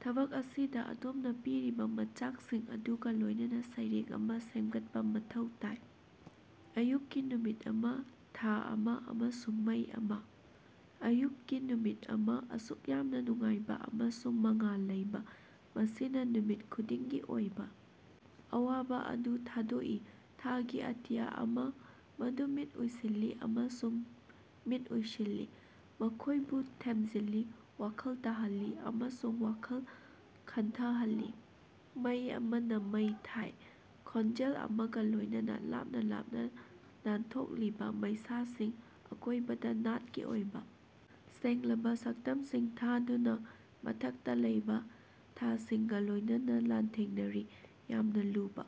ꯊꯕꯛ ꯑꯁꯤꯗ ꯑꯗꯣꯝꯅ ꯄꯤꯔꯤꯕ ꯃꯆꯥꯛꯁꯤꯡ ꯑꯗꯨꯒ ꯂꯣꯏꯅꯅ ꯁꯩꯔꯦꯡ ꯑꯃ ꯁꯦꯃꯒꯠꯄꯥ ꯃꯊꯧ ꯇꯥꯏ꯫ ꯑꯌꯨꯛꯀꯤ ꯅꯨꯃꯤꯠ ꯑꯃ, ꯊꯥ ꯑꯃ, ꯑꯃꯁꯨꯡ ꯃꯩ ꯑꯃ꯫ ꯑꯌꯨꯛꯀꯤ ꯅꯨꯃꯤꯠ ꯑꯃ, ꯑꯁꯨꯛ ꯌꯥꯝꯅ ꯅꯨꯡꯉꯥꯏꯕ ꯑꯃꯁꯨꯡ ꯃꯉꯥꯜ ꯂꯩꯕ, ꯃꯁꯤꯅ ꯅꯨꯃꯤꯠ ꯈꯨꯗꯤꯡꯒꯤ ꯑꯣꯏꯕ ꯑꯋꯥꯕ ꯑꯗꯨ ꯊꯥꯗꯣꯛꯏ, ꯊꯥꯒꯤ ꯑꯇꯤꯌꯥ ꯑꯃ, ꯃꯗꯨ ꯃꯤꯠ ꯎꯏꯁꯤꯜꯂꯤ ꯑꯃꯁꯨꯡ ꯃꯤꯠ ꯎꯏꯁꯤꯜꯂꯤ, ꯃꯈꯣꯏꯕꯨ ꯊꯦꯝꯖꯤꯜꯂꯤ, ꯋꯥꯈꯜ ꯇꯥꯍꯜꯂꯤ ꯑꯃꯁꯨꯡ ꯋꯥꯈꯜ ꯈꯟꯊꯍꯜꯂꯤ꯫ ꯃꯩ ꯑꯃꯅ ꯃꯩ ꯊꯥꯏ, ꯈꯣꯟꯖꯦꯜ ꯑꯃꯒ ꯂꯣꯏꯅꯅ, ꯂꯥꯞꯅ ꯂꯥꯞꯅ ꯅꯥꯟꯊꯣꯛꯂꯤꯕ ꯃꯩꯁꯥꯁꯤꯡ, ꯑꯀꯣꯏꯕꯗ ꯅꯥꯠꯀꯤ ꯑꯣꯏꯕ ꯁꯦꯡꯂꯕ ꯁꯛꯇꯝꯁꯤꯡ ꯊꯥꯗꯨꯅ, ꯃꯊꯛꯇ ꯂꯩꯕ ꯊꯥꯁꯤꯡꯒ ꯂꯣꯏꯅꯅ ꯂꯥꯟꯊꯦꯡꯅꯔꯤ, ꯌꯥꯝꯅ ꯂꯨꯕ꯫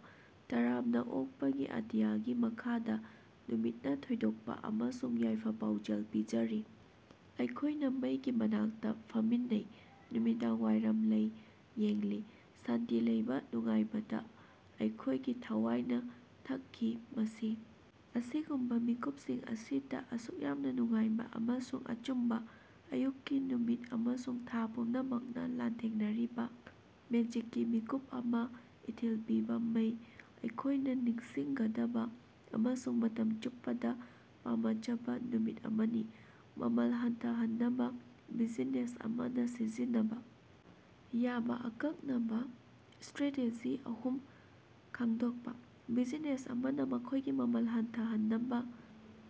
ꯇꯔꯥꯝꯅꯥ ꯑꯣꯛꯄꯒꯤ ꯑꯇꯤꯌꯥꯒꯤ ꯃꯈꯥꯗ, ꯅꯨꯃꯤꯠꯅ ꯊꯣꯏꯗꯣꯛꯄꯥ ꯑꯃꯁꯨꯡ ꯌꯥꯏꯐ-ꯄꯥꯎꯖꯦꯜ ꯄꯤꯖꯔꯤ, ꯑꯩꯈꯣꯏꯅ ꯃꯩꯒꯤ ꯃꯅꯥꯛꯇ ꯐꯝꯃꯤꯟꯅꯩ, ꯅꯨꯃꯤꯗꯥꯡꯋꯥꯏꯔꯝ ꯂꯩ ꯌꯦꯡꯂꯤ, ꯁꯥꯟꯇꯤ ꯂꯩꯕ ꯅꯨꯡꯉꯥꯏꯕꯗ, ꯑꯩꯈꯣꯏꯒꯤ ꯊꯋꯥꯏꯅ ꯊꯛꯈꯤ꯫ ꯃꯁꯤ ꯑꯁꯤꯒꯨꯝꯕ ꯃꯤꯀꯨꯞꯁꯤꯡ ꯑꯁꯤꯗ, ꯑꯁꯨꯛ ꯌꯥꯝꯅ ꯅꯨꯡꯉꯥꯏꯕ ꯑꯃꯁꯨꯡ ꯑꯆꯨꯝꯕ, ꯑꯌꯨꯛꯀꯤ ꯅꯨꯃꯤꯠ ꯑꯃꯁꯨꯡ ꯊꯥ ꯄꯨꯝꯅꯃꯛꯅ ꯂꯥꯟꯊꯦꯡꯅꯔꯤꯕ, ꯃꯦꯖꯤꯛꯀꯤ ꯃꯤꯀꯨꯞ ꯑꯃꯥ, ꯏꯊꯤꯜ ꯄꯤꯕ ꯃꯩ, ꯑꯩꯈꯣꯏꯅ ꯅꯤꯡꯁꯤꯡꯒꯗꯕ, ꯑꯃꯁꯨꯡ ꯃꯇꯝ ꯆꯨꯞꯄꯗ ꯄꯥꯃꯖꯕ ꯅꯨꯃꯤꯠ ꯑꯃꯅꯤ꯫ ꯃꯃꯜ ꯍꯟꯊꯍꯟꯅꯕ ꯕꯤꯖꯤꯅꯦꯁ ꯑꯃꯅ ꯁꯤꯖꯤꯟꯅꯕ ꯌꯥꯕ ꯑꯀꯛꯅꯕ ꯁ꯭ꯇꯔꯥꯇꯦꯖꯤ ꯑꯍꯨꯝ ꯈꯪꯗꯣꯛꯄ꯫ ꯕꯤꯖꯤꯅꯦꯁ ꯑꯃꯅ ꯃꯈꯣꯏꯒꯤ ꯃꯃꯜ ꯍꯟꯊꯍꯟꯅꯕ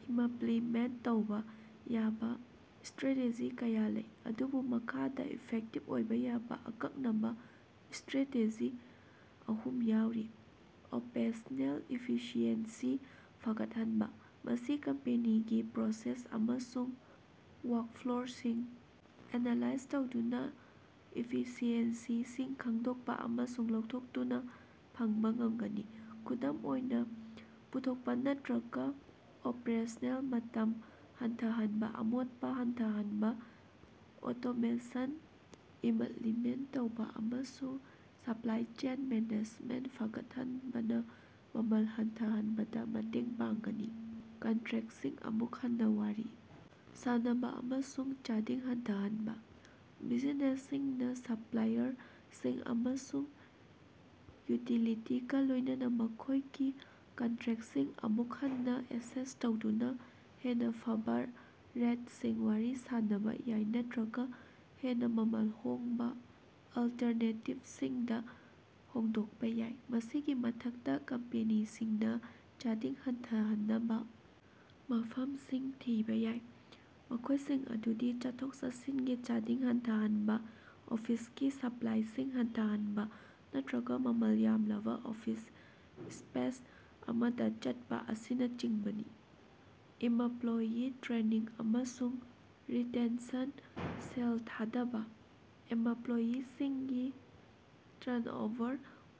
ꯏꯃꯄ꯭ꯂꯤꯃꯦꯟꯠ ꯇꯧꯕ ꯌꯥꯕ ꯁ꯭ꯇꯔꯦꯇꯦꯖꯤ ꯀꯌꯥ ꯂꯩ, ꯑꯗꯨꯕꯨ ꯃꯈꯥꯗ ꯏꯐꯦꯛꯇꯤꯕ ꯑꯣꯏꯕ ꯌꯥꯕ ꯑꯀꯛꯅꯕ ꯁ꯭ꯇꯔꯦꯇꯦꯖꯤ ꯑꯍꯨꯝ ꯌꯥꯎꯔꯤ: ꯑꯣꯄꯔꯦꯁꯅꯦꯜ ꯏꯐꯤꯁꯤꯑꯦꯟꯁꯤ ꯐꯒꯠꯍꯟꯕ: ꯃꯁꯤ ꯀꯝꯄꯦꯅꯤꯒꯤ ꯄ꯭ꯔꯣꯁꯦꯁ ꯑꯃꯁꯨꯡ ꯋꯥ꯭ꯔꯛꯐ꯭ꯂꯣꯁꯤꯡ ꯑꯦꯅꯥꯂꯥꯏꯖ ꯇꯧꯗꯨꯅ ꯏꯐꯤꯁꯤꯑꯦꯟꯁꯤꯁꯤꯡ ꯈꯪꯗꯣꯛꯄ ꯑꯃꯁꯨꯡ ꯂꯧꯊꯣꯛꯇꯨꯅꯥ ꯐꯪꯕ ꯉꯝꯒꯅꯤ꯫ ꯈꯨꯗꯝ ꯑꯣꯏꯅ, ꯄꯨꯊꯣꯛꯄ ꯅꯠꯇꯔꯒ ꯑꯣꯄꯔꯦꯁꯅꯦꯜ ꯃꯇꯝ ꯍꯟꯊꯍꯟꯕ, ꯑꯃꯣꯠꯄ ꯍꯟꯊꯍꯟꯕ, ꯑꯣꯇꯣꯃꯦꯁꯟ ꯏꯃꯞꯂꯤꯃꯦꯟꯠ ꯇꯧꯕ, ꯑꯃꯁꯨꯡ ꯁꯄ꯭ꯂꯥꯏ ꯆꯦꯟ ꯃꯦꯅꯦꯖꯃꯦꯟꯠ ꯐꯒꯠꯍꯟꯕꯅ ꯃꯃꯜ ꯍꯟꯊꯍꯟꯕꯗ ꯃꯇꯦꯡ ꯄꯥꯡꯒꯅꯤ꯫ ꯀꯟꯇ꯭ꯔꯦꯛꯁꯤꯡ ꯑꯃꯨꯛ ꯍꯟꯅꯥ ꯋꯥꯔꯤ ꯁꯥꯅꯕ ꯑꯃꯁꯨꯡ ꯆꯥꯗꯤꯡ ꯍꯟꯊꯍꯟꯕ: ꯕꯤꯖꯤꯅꯦꯁꯁꯤꯡꯅ ꯁꯄ꯭ꯂꯥꯏꯌꯔꯁꯤꯡ ꯑꯃꯁꯨꯡ ꯌꯨꯇꯤꯂꯤꯇꯤꯁꯤꯡꯒ ꯂꯣꯏꯅꯅ ꯃꯈꯣꯏꯒꯤ ꯀꯟꯇ꯭ꯔꯦꯛꯁꯤꯡ ꯑꯃꯨꯛ ꯍꯟꯅ ꯑꯦꯁꯦꯁ ꯇꯧꯗꯨꯅ ꯍꯦꯟꯅ ꯐꯕ ꯔꯦꯠꯁꯤꯡ ꯋꯥꯔꯤ ꯁꯥꯅꯕ ꯌꯥꯏ ꯅꯠꯇꯔꯒ ꯍꯦꯟꯅ ꯃꯃꯜ ꯍꯣꯡꯕ ꯑꯜꯇꯔꯅꯦꯇꯤꯕꯁꯤꯡꯗ ꯍꯣꯡꯗꯣꯛꯄ ꯌꯥꯏ꯫ ꯃꯁꯤꯒꯤ ꯃꯊꯛꯇ, ꯀꯝꯄꯦꯅꯤꯁꯤꯡꯅ ꯆꯥꯗꯤꯡ ꯍꯟꯊꯍꯟꯅꯕ ꯃꯐꯝꯁꯤꯡ ꯊꯤꯕ ꯌꯥꯏ, ꯃꯈꯣꯏꯁꯤꯡ ꯑꯗꯨꯗꯤ ꯆꯠꯊꯣꯛ-ꯆꯠꯁꯤꯟꯒꯤ ꯆꯥꯗꯤꯡ ꯍꯟꯊꯍꯟꯕ, ꯑꯣꯐꯤꯁꯀꯤ ꯁꯄ꯭ꯂꯥꯏꯁꯤꯡ ꯍꯟꯊꯍꯟꯕ, ꯅꯠꯇ꯭ꯔꯒ ꯃꯃꯜ ꯌꯥꯝꯂꯕ ꯑꯣꯐꯤꯁ ꯁ꯭ꯄꯦꯁ ꯑꯃꯗ ꯆꯠꯄ ꯑꯁꯤꯅꯆꯤꯡꯕꯅꯤ꯫ ꯏꯃꯄ꯭ꯂꯣꯌꯤ ꯇ꯭ꯔꯦꯅꯤꯡ ꯑꯃꯁꯨꯡ ꯔꯤꯇꯦꯟꯁꯟꯗ ꯁꯦꯜ ꯊꯥꯗꯕ: ꯑꯦꯃꯄ꯭ꯂꯣꯌꯤꯁꯤꯡꯒꯤ ꯇ꯭ꯔꯟꯑꯣꯚꯔ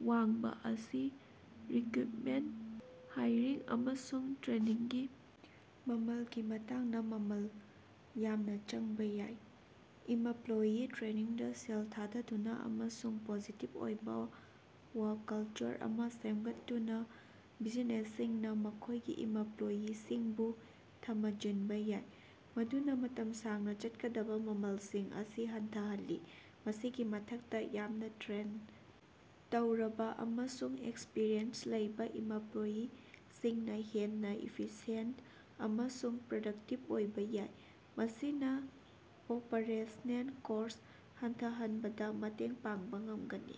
ꯋꯥꯡꯕ ꯑꯁꯤ ꯔꯤꯀ꯭ꯔꯨꯏꯠꯃꯦꯟꯠ, ꯍꯥꯏꯔꯤꯡ, ꯑꯃꯁꯨꯡ ꯇ꯭ꯔꯦꯅꯤꯡꯒꯤ ꯃꯃꯜꯒꯤ ꯃꯇꯥꯡꯗ ꯃꯃꯜ ꯌꯥꯝꯅ ꯆꯪꯕ ꯌꯥꯏ꯫ ꯏꯃꯄ꯭ꯂꯣꯌꯤ ꯇ꯭ꯔꯦꯅꯤꯡꯗ ꯁꯦꯜ ꯊꯥꯗꯗꯨꯅ ꯑꯃꯁꯨꯡ ꯄꯣꯖꯤꯇꯤꯚ ꯑꯣꯏꯕ ꯋꯥ꯭ꯔꯛ ꯀꯜꯆꯔ ꯑꯃ ꯁꯦꯝꯒꯠꯇꯨꯅ, ꯕꯤꯖꯤꯅꯦꯁꯁꯤꯡꯅ ꯃꯈꯣꯏꯒꯤ ꯏꯃꯄ꯭ꯂꯣꯌꯤꯁꯤꯡꯕꯨ ꯊꯃꯖꯤꯟꯕ ꯌꯥꯏ, ꯃꯗꯨꯅ ꯃꯇꯝ ꯁꯥꯡꯅ ꯆꯠꯀꯗꯕ ꯃꯃꯜꯁꯤꯡ ꯑꯁꯤ ꯍꯟꯊꯍꯜꯂꯤ꯫ ꯃꯁꯤꯒꯤ ꯃꯊꯛꯇ, ꯌꯥꯝꯅ ꯇ꯭ꯔꯦꯟ ꯇꯧꯔꯕ ꯑꯃꯁꯨꯡ ꯑꯦꯛꯁꯄꯔꯤꯌꯦꯟꯁ ꯂꯩꯕ ꯏꯃꯄ꯭ꯂꯣꯌꯤꯁꯤꯡꯅ ꯍꯦꯟꯅ ꯏꯐꯤꯁꯤꯌꯦꯟꯠ ꯑꯃꯁꯨꯡ ꯄ꯭ꯔꯗꯛꯇꯤꯕ ꯑꯣꯏꯕ ꯌꯥꯏ, ꯃꯁꯤꯅ ꯑꯣꯄꯔꯦꯁꯅꯦꯜ ꯀꯣꯁ꯭ꯠ ꯍꯟꯊꯍꯟꯕꯗ ꯃꯇꯦꯡ ꯄꯥꯡꯕ ꯉꯝꯒꯅꯤ꯫